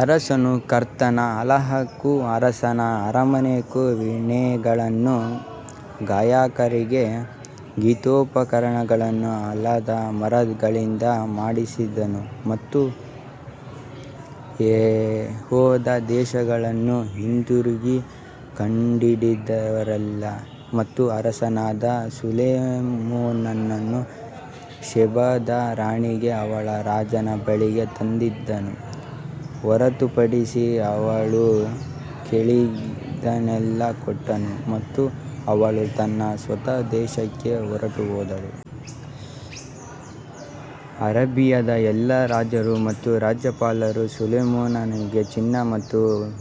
ಅರಸನು ಕರ್ತನ ಆಲಯಕ್ಕೂ ಅರಸರ ಅರಮನೆಗೂ ವೀಣೆಗಳನ್ನೂ ಗಾಯಕರಿಗೆ ಗೀತೋಪಕರಣಗಳನ್ನೂ ಆಲದ ಮರಗಳಿಂದ ಮಾಡಿಸಿದನು ಮತ್ತು ಯೆಹೂದ ದೇಶದಲ್ಲಿ ಹಿಂದೆಂದೂ ಕಂಡಿರಲಿಲ್ಲ. ಮತ್ತು ಅರಸನಾದ ಸೊಲೊಮೋನನು ಶೆಬಾದ ರಾಣಿಗೆ ಅವಳು ರಾಜನ ಬಳಿಗೆ ತಂದಿದ್ದನ್ನು ಹೊರತುಪಡಿಸಿ ಅವಳು ಕೇಳಿದ್ದನ್ನೆಲ್ಲಾ ಕೊಟ್ಟನು ಮತ್ತು ಅವಳು ತನ್ನ ಸ್ವಂತ ದೇಶಕ್ಕೆ ಹೊರಟುಹೋದಳು. ಅರೇಬಿಯಾದ ಎಲ್ಲಾ ರಾಜರು ಮತ್ತು ರಾಜ್ಯಪಾಲರು ಸೊಲೊಮೋನನಿಗೆ ಚಿನ್ನ ಮತ್ತು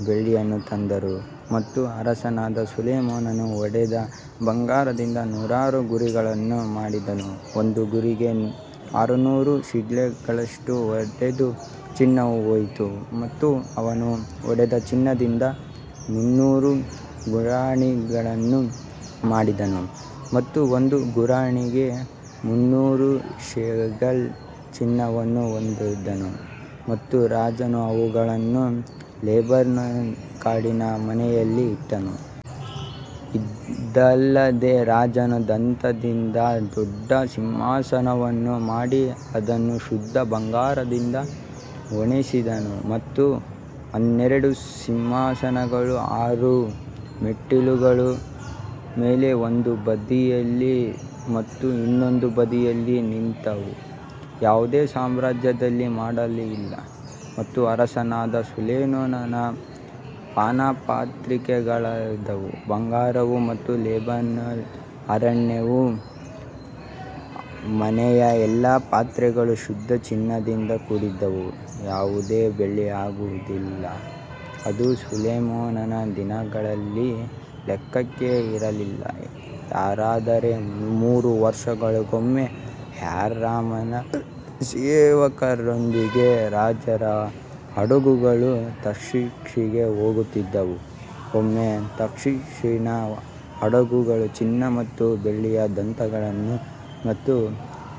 ಬೆಳ್ಳಿಯನ್ನು ತಂದರು. ಮತ್ತು ಅರಸನಾದ ಸೊಲೊಮೋನನು ಹೊಡೆದ ಬಂಗಾರದಿಂದ ಇನ್ನೂರು ಗುರಿಗಳನ್ನು ಮಾಡಿದನು, ಒಂದು ಗುರಿಗೆ ಆರುನೂರು ಶೆಕೆಲ್ಗಳಷ್ಟು ಹೊಡೆದ ಚಿನ್ನವು ಹೋಯಿತು. ಮತ್ತು ಅವನು ಹೊಡೆದ ಚಿನ್ನದಿಂದ ಮುನ್ನೂರು ಗುರಾಣಿಗಳನ್ನು ಮಾಡಿದನು ಮತ್ತು ಒಂದು ಗುರಾಣಿಗೆ ಮುನ್ನೂರು ಶೇಕೆಲ್ ಚಿನ್ನವನ್ನು ಹೋದನು ಮತ್ತು ರಾಜನು ಅವುಗಳನ್ನು ಲೆಬನೋನ್ ಕಾಡಿನ ಮನೆಯಲ್ಲಿ ಇಟ್ಟನು. ಇದಲ್ಲದೆ ರಾಜನು ದಂತದಿಂದ ದೊಡ್ಡ ಸಿಂಹಾಸನವನ್ನು ಮಾಡಿ ಅದನ್ನು ಶುದ್ಧ ಬಂಗಾರದಿಂದ ಹೊದಿಸಿದನು ಮತ್ತು ಹನ್ನೆರಡು ಸಿಂಹಗಳು ಆರು ಮೆಟ್ಟಿಲುಗಳ ಮೇಲೆ ಒಂದು ಬದಿಯಲ್ಲಿ ಮತ್ತು ಇನ್ನೊಂದು ಬದಿಯಲ್ಲಿ ನಿಂತವು, ಯಾವುದೇ ಸಾಮ್ರಾಜ್ಯದಲ್ಲಿ ಮಾಡಲಾಗಿಲ್ಲ. ಮತ್ತು ಅರಸನಾದ ಸೊಲೊಮೋನನ ಪಾನಪಾತ್ರೆಗಳೆಲ್ಲವೂ ಬಂಗಾರದವು ಮತ್ತು ಲೆಬನೋನ್ ಅರಣ್ಯದ ಮನೆಯ ಎಲ್ಲಾ ಪಾತ್ರೆಗಳು ಶುದ್ಧ ಚಿನ್ನದಿಂದ ಕೂಡಿದ್ದವು ಯಾವುದೂ ಬೆಳ್ಳಿಯದ್ದಾಗಿರಲಿಲ್ಲ, ಅದು ಸೊಲೊಮೋನನ ದಿನಗಳಲ್ಲಿ ಲೆಕ್ಕಕ್ಕೆ ಇರಲಿಲ್ಲ ಯಾಕಂದರೆ ಮೂರು ವರ್ಷಗಳಿಗೊಮ್ಮೆ ಹ್ಯೂರಾಮನ ಸೇವಕರೊಂದಿಗೆ ರಾಜರ ಹಡಗುಗಳು ತಾರ್ಷೀಷಿಗೆ ಹೋಗುತ್ತಿದ್ದವು, ಒಮ್ಮೆ ತಾರ್ಷೀಷಿನ ಹಡಗುಗಳು ಚಿನ್ನ ಮತ್ತು ಬೆಳ್ಳಿಯ ದಂತಗಳನ್ನು ಮತ್ತು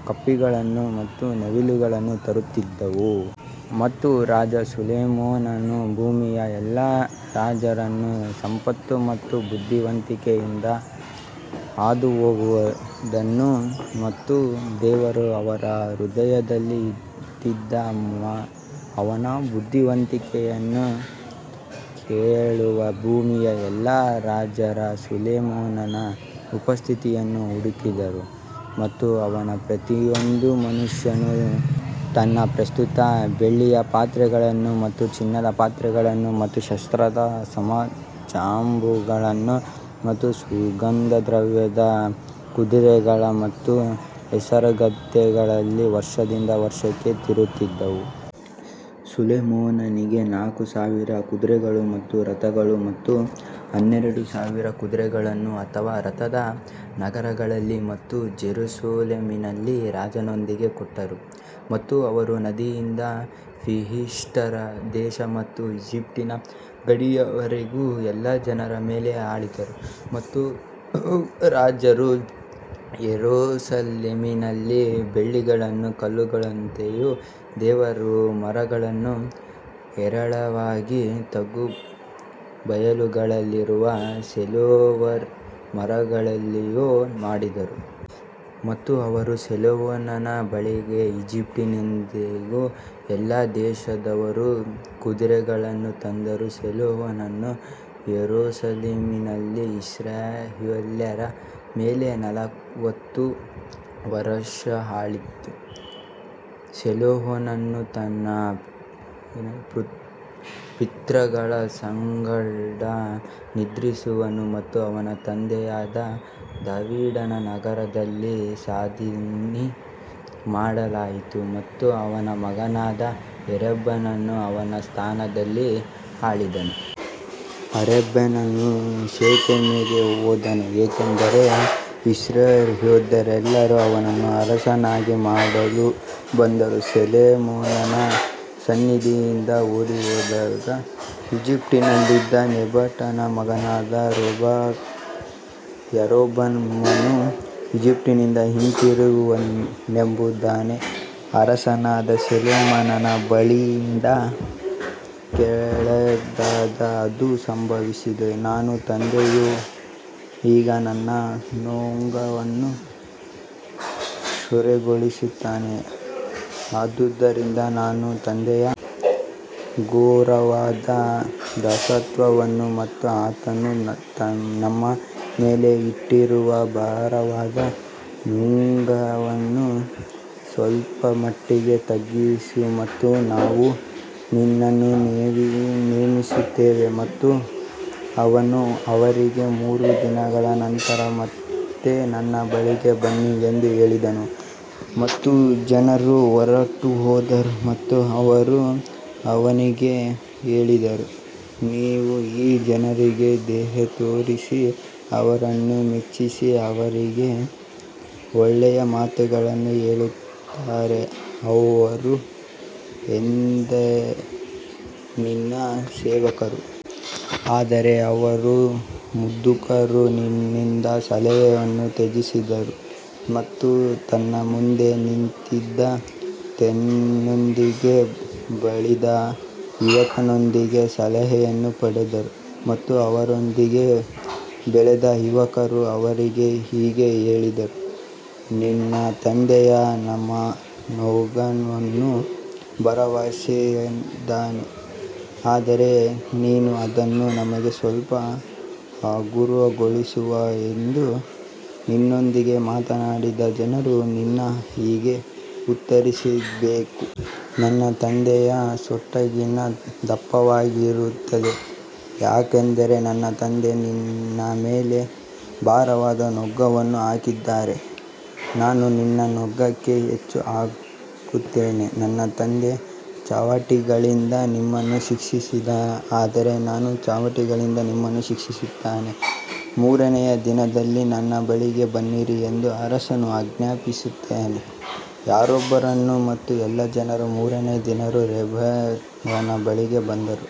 ಕಪಿಗಳು ಮತ್ತು ನವಿಲುಗಳನ್ನು ತರುತ್ತಿದ್ದವು. ಮತ್ತು ರಾಜ ಸೊಲೊಮೋನನು ಭೂಮಿಯ ಎಲ್ಲಾ ರಾಜರನ್ನು ಸಂಪತ್ತು ಮತ್ತು ಬುದ್ಧಿವಂತಿಕೆಯಿಂದ ಹಾದುಹೋದನು ಮತ್ತು ದೇವರು ಅವನ ಹೃದಯದಲ್ಲಿ ಇಟ್ಟಿದ್ದ ಅವನ ಬುದ್ಧಿವಂತಿಕೆಯನ್ನು ಕೇಳಲು ಭೂಮಿಯ ಎಲ್ಲಾ ರಾಜರು ಸೊಲೊಮೋನನ ಉಪಸ್ಥಿತಿಯನ್ನು ಹುಡುಕಿದರು. ಮತ್ತು ಅವರು ಪ್ರತಿಯೊಬ್ಬ ಮನುಷ್ಯನು ತನ್ನ ಪ್ರಸ್ತುತ ಬೆಳ್ಳಿಯ ಪಾತ್ರೆಗಳನ್ನು ಮತ್ತು ಚಿನ್ನದ ಪಾತ್ರೆಗಳನ್ನು ಮತ್ತು ವಸ್ತ್ರದ ಸರಂಜಾಮುಗಳನ್ನು ಮತ್ತು ಸುಗಂಧದ್ರವ್ಯದ ಕುದುರೆಗಳು ಮತ್ತು ಹೇಸರಗತ್ತೆಗಳನ್ನು ವರ್ಷದಿಂದ ವರ್ಷಕ್ಕೆ ತರುತ್ತಿದ್ದರು. ಸೊಲೊಮೋನನಿಗೆ ನಾಲ್ಕು ಸಾವಿರ ಕುದುರೆಗಳು ಮತ್ತು ರಥಗಳು ಮತ್ತು ಹನ್ನೆರಡು ಸಾವಿರ ಕುದುರೆಗಳನ್ನು ಅವನು ರಥದ ನಗರಗಳಲ್ಲಿ ಮತ್ತು ಜೆರುಸಲೇಮಿನಲ್ಲಿ ರಾಜನೊಂದಿಗೆ ಕೊಟ್ಟನು. ಮತ್ತು ಅವನು ನದಿಯಿಂದ ಫಿಲಿಷ್ಟಿಯರ ದೇಶ ಮತ್ತು ಈಜಿಪ್ಟಿನ ಗಡಿಯವರೆಗೂ ಎಲ್ಲಾ ರಾಜರ ಮೇಲೆ ಆಳಿದನು. ಮತ್ತು ಅರಸನು ಯೆರೂಸಲೇಮಿನಲ್ಲಿ ಬೆಳ್ಳಿಯನ್ನು ಕಲ್ಲುಗಳಂತೆಯೂ ದೇವದಾರು ಮರಗಳನ್ನು ಹೇರಳವಾಗಿ ತಗ್ಗು ಬಯಲುಗಳಲ್ಲಿರುವ ಸಿಕೊಮೊರ್ ಮರಗಳಂತೆಯೂ ಮಾಡಿದನು. ಮತ್ತು ಅವರು ಸೊಲೊಮೋನನ ಬಳಿಗೆ ಈಜಿಪ್ಟಿನಿಂದಲೂ ಎಲ್ಲಾ ದೇಶಗಳಿಂದಲೂ ಕುದುರೆಗಳನ್ನು ತಂದರು ಸೊಲೊಮೋನನು ಯೆರೂಸಲೇಮಿನಲ್ಲಿ ಇಸ್ರಾಯೇಲ್ಯರ ಮೇಲೆ ನಲವತ್ತು ವರುಷ ಆಳಿದನು ಸೊಲೊಮೋನನು ತನ್ನ ಪಿತೃಗಳ ಸಂಗಡ ನಿದ್ರಿಸಿದನು ಮತ್ತು ಅವನ ತಂದೆಯಾದ ದಾವೀದನ ನಗರದಲ್ಲಿ ಸಮಾಧಿ ಮಾಡಲಾಯಿತು ಮತ್ತು ಅವನ ಮಗನಾದ ರೆಹಬ್ಬಾಮನು ಅವನ ಸ್ಥಾನದಲ್ಲಿ ಆಳಿದನು. ರೆಹಬ್ಬಾಮನು ಶೆಕೆಮಿಗೆ ಹೋದನು ಏಕೆಂದರೆ ಇಸ್ರಾಯೇಲ್ಯರೆಲ್ಲರೂ ಅವನನ್ನು ಅರಸನನ್ನಾಗಿ ಮಾಡಲು ಬಂದರು ಸೊಲೊಮೋನನ ಸನ್ನಿಧಿಯಿಂದ ಓಡಿಹೋಗಿದ್ದ ಈಜಿಪ್ಟಿನಲ್ಲಿದ್ದ ನೆಬಾಟನ ಮಗನಾದ ಯಾರೊಬ್ಬಾಮನು ಈಜಿಪ್ಟಿನಿಂದ ಹಿಂದಿರುಗಿದನೆಂಬುದನ್ನು ಅರಸನಾದ ಸೊಲೊಮೋನನ ಬಳಿಯಿಂದ ಕೇಳಿದಾಗ ಅದು ಸಂಭವಿಸಿತು. ನಿನ್ನ ತಂದೆಯು ಈಗ ನಮ್ಮ ನೊಗವನ್ನು ಘೋರಗೊಳಿಸಿದನು ಆದುದರಿಂದ ನಿನ್ನ ತಂದೆಯ ಘೋರವಾದ ದಾಸತ್ವವನ್ನು ಮತ್ತು ಆತನು ನಮ್ಮ ಮೇಲೆ ಇಟ್ಟಿರುವ ಭಾರವಾದ ನೊಗವನ್ನು ಸ್ವಲ್ಪಮಟ್ಟಿಗೆ ತಗ್ಗಿಸು ಮತ್ತು ನಾವು ನಿನ್ನನ್ನು ಸೇವಿಸುತ್ತೇವೆ ಮತ್ತು ಅವನು ಅವರಿಗೆ ಮೂರು ದಿನಗಳ ನಂತರ ಮತ್ತೆ ನನ್ನ ಬಳಿಗೆ ಬನ್ನಿ ಎಂದು ಹೇಳಿದನು ಮತ್ತು ಜನರು ಹೊರಟುಹೋದರು ಮತ್ತು ಅವರು ಅವನಿಗೆ ಹೇಳಿದರು, ನೀನು ಈ ಜನರಿಗೆ ದಯೆತೋರಿಸಿ ಅವರನ್ನು ಮೆಚ್ಚಿಸಿ ಅವರಿಗೆ ಒಳ್ಳೆಯ ಮಾತುಗಳನ್ನು ಹೇಳಿದರೆ ಅವರು ಎಂದೆಂದಿಗೂ ನಿನ್ನ ಸೇವಕರು. ಆದರೆ ಅವನು ಮುದುಕರು ನೀಡಿದ ಸಲಹೆಯನ್ನು ತ್ಯಜಿಸಿದನು ಮತ್ತು ತನ್ನ ಮುಂದೆ ನಿಂತಿದ್ದ ತನ್ನೊಂದಿಗೆ ಬೆಳೆದ ಯುವಕರೊಂದಿಗೆ ಸಲಹೆಯನ್ನು ಪಡೆದನು. ಮತ್ತು ಅವನೊಂದಿಗೆ ಬೆಳೆದ ಯುವಕರು ಅವನಿಗೆ ಹೀಗೆ ಹೇಳಿದರು, ನಿನ್ನ ತಂದೆಯು ನಮ್ಮ ನೊಗವನ್ನು ಭಾರವಾಗಿಸಿದ್ದಾನೆ ಆದರೆ ನೀನು ಅದನ್ನು ನಮಗೆ ಸ್ವಲ್ಪ ಹಗುರಗೊಳಿಸು ಎಂದು ನಿನ್ನೊಂದಿಗೆ ಮಾತನಾಡಿದ ಜನರಿಗೆ ನೀನು ಹೀಗೆ ಉತ್ತರಿಸಬೇಕು. ನನ್ನ ತಂದೆಯ ಸೊಂಟಕ್ಕಿಂತ ದಪ್ಪವಾಗಿರುತ್ತದೆ ಯಾಕಂದರೆ ನನ್ನ ತಂದೆ ನಿನ್ನ ಮೇಲೆ ಭಾರವಾದ ನೊಗವನ್ನು ಹಾಕಿದರೆ ನಾನು ನಿನ್ನ ನೊಗಕ್ಕೆ ಹೆಚ್ಚು ಹಾಕುತ್ತೇನೆ ನನ್ನ ತಂದೆ ಚಾವಟಿಗಳಿಂದ ನಿಮ್ಮನ್ನು ಶಿಕ್ಷಿಸಿದ ಆದರೆ ನಾನು ಚೇಳುಗಳಿಂದ ನಿಮ್ಮನ್ನು ಶಿಕ್ಷಿಸುತ್ತೇನೆ ಮೂರನೆಯ ದಿನದಲ್ಲಿ ನನ್ನ ಬಳಿಗೆ ಬನ್ನಿರಿ ಎಂದು ಅರಸನು ಆಜ್ಞಾಪಿಸಿದಂತೆ ಯಾರೊಬ್ಬಾಮನು ಮತ್ತು ಎಲ್ಲಾ ಜನರು ಮೂರನೆಯ ದಿನದಲ್ಲಿ ರೆಹಬ್ಬಾಮನ ಬಳಿಗೆ ಬಂದರು.